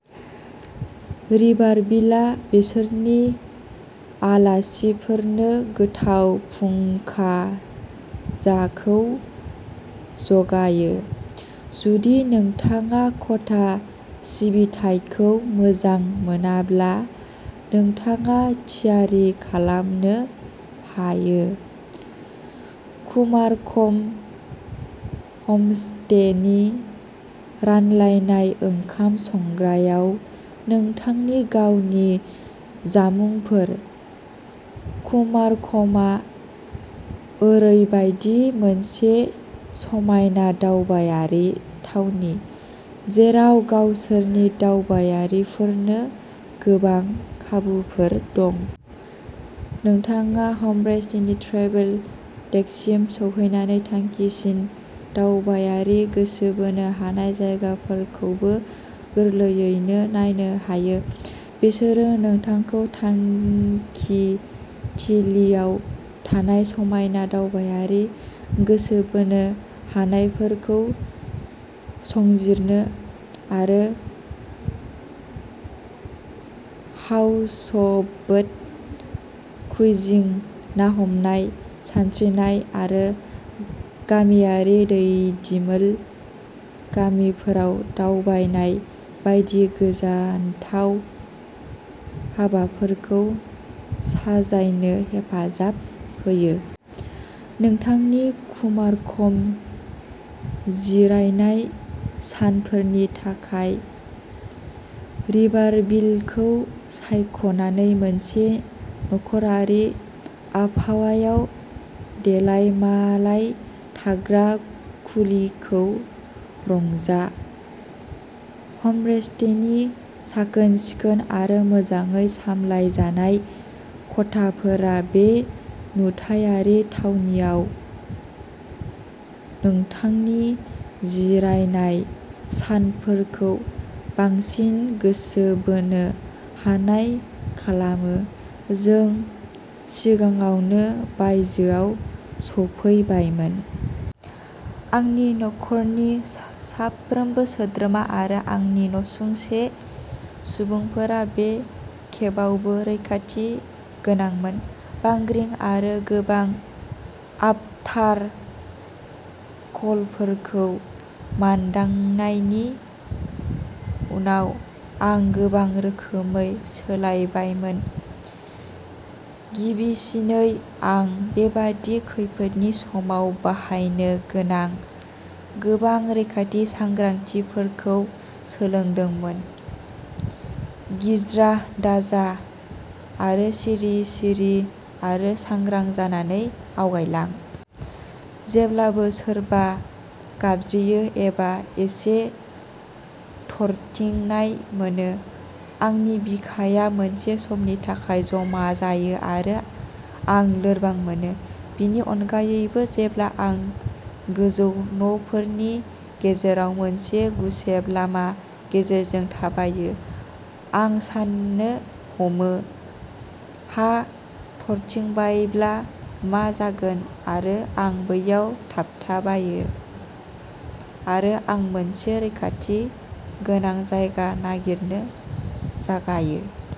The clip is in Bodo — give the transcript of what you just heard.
रिभारभिलआ बिसोरनि आलासिफोरनो गोथाव फुंखाजाखौ जगायो। जुदि नोंथाङा खथा सिबिथायखौ मोजां मोनाब्ला, नोंथाङा थियारि खालामनो हायो। कुमारकम हमस्टेनि रानलायनाय ओंखाम संग्रायाव नोंथांनि गावनि जामुंफोर। कुमारकमआ ओरैबायदि मोनसे समायना दावबायारि थावनि जेराव गावसोरनि दावबायारिफोरनो गोबां खाबुफोर दं। नोंथाङा हमस्टेनि ट्रेभेल डेस्कसिम सौहैनानै खाथिसिन दावबायारि गोसो बोनो हानाय जायगाफोरखौबो गोरलैयैनो नायनो हायो। बिसोरो नोंथांखौ थांखिथिलियाव थानाय समायना दावबायारि गोसो बोनो हानायफोरखौ संजिरनो आरो हाउसबोट क्रुइजिं, ना हमनाय, सानस्रिनाय आरो गामियारि दैदिमोल गामिफोराव दावबायनाय बायदि गोजोनथाव हाबाफोरखौ साजायनो हेफाजाब होयो। नोंथांनि कुमारकम जिरायनाय सानफोरनि थाखाय रिभारभिलखौ सायख'नानै मोनसे नखरारि आबहावायाव देलायमालाय थाग्रा खुलिखौ रंजा। हमस्टेनि साखोन-सिखोन आरो मोजाङै सामलायजानाय खथाफोरा बे नुथायारि थावनिआव नोंथांनि जिरायनाय सानफोरखौ बांसिन गोसो बोनो हानाय खालामो। जों सिगाङावनो बायजोआव सफैबायमोन। आंनि नखरनि साफ्रोमबो सोद्रोमा आरो आंनि नसुंसेनि सुबुंफोरा बे खेबावबो रैखाथि गोनांमोन। बांग्रि आरो गोबां आफटारशकफोरखौ मोनदांनायनि उनाव, आं गोबां रोखोमै सोलायबायमोन। गिबिसिनै, आं बेबादि खैफोदनि समाव बाहायनो गोनां गोबां रैखाथि सांग्रांथिफोरखौ सोलोंदोंमोन; गिज्रा दाजा आरो सिरि-सिरि आरो सांग्रां जानानै आवगायलां। जेब्लानो सोरबा गाबज्रियो एबा एसे थरथिंनाय मोनो, आंनि बिखाया मोनसे समनि थाखाय जमा जायो आरो आं लोरबां मोनो। बेनि अनगायैबो, जेब्ला आं गोजौ न'फोरनि गेजेराव मोनसे गुसेब लामा गेजेरजों थाबायो, आं साननो हमो "हा थरथिंबायब्ला मा जागोन आरो आं बैयाव थाबथाबो? " आरो आं मोनसे रैखाथि गोनां जायगा नागिरनो जागायो।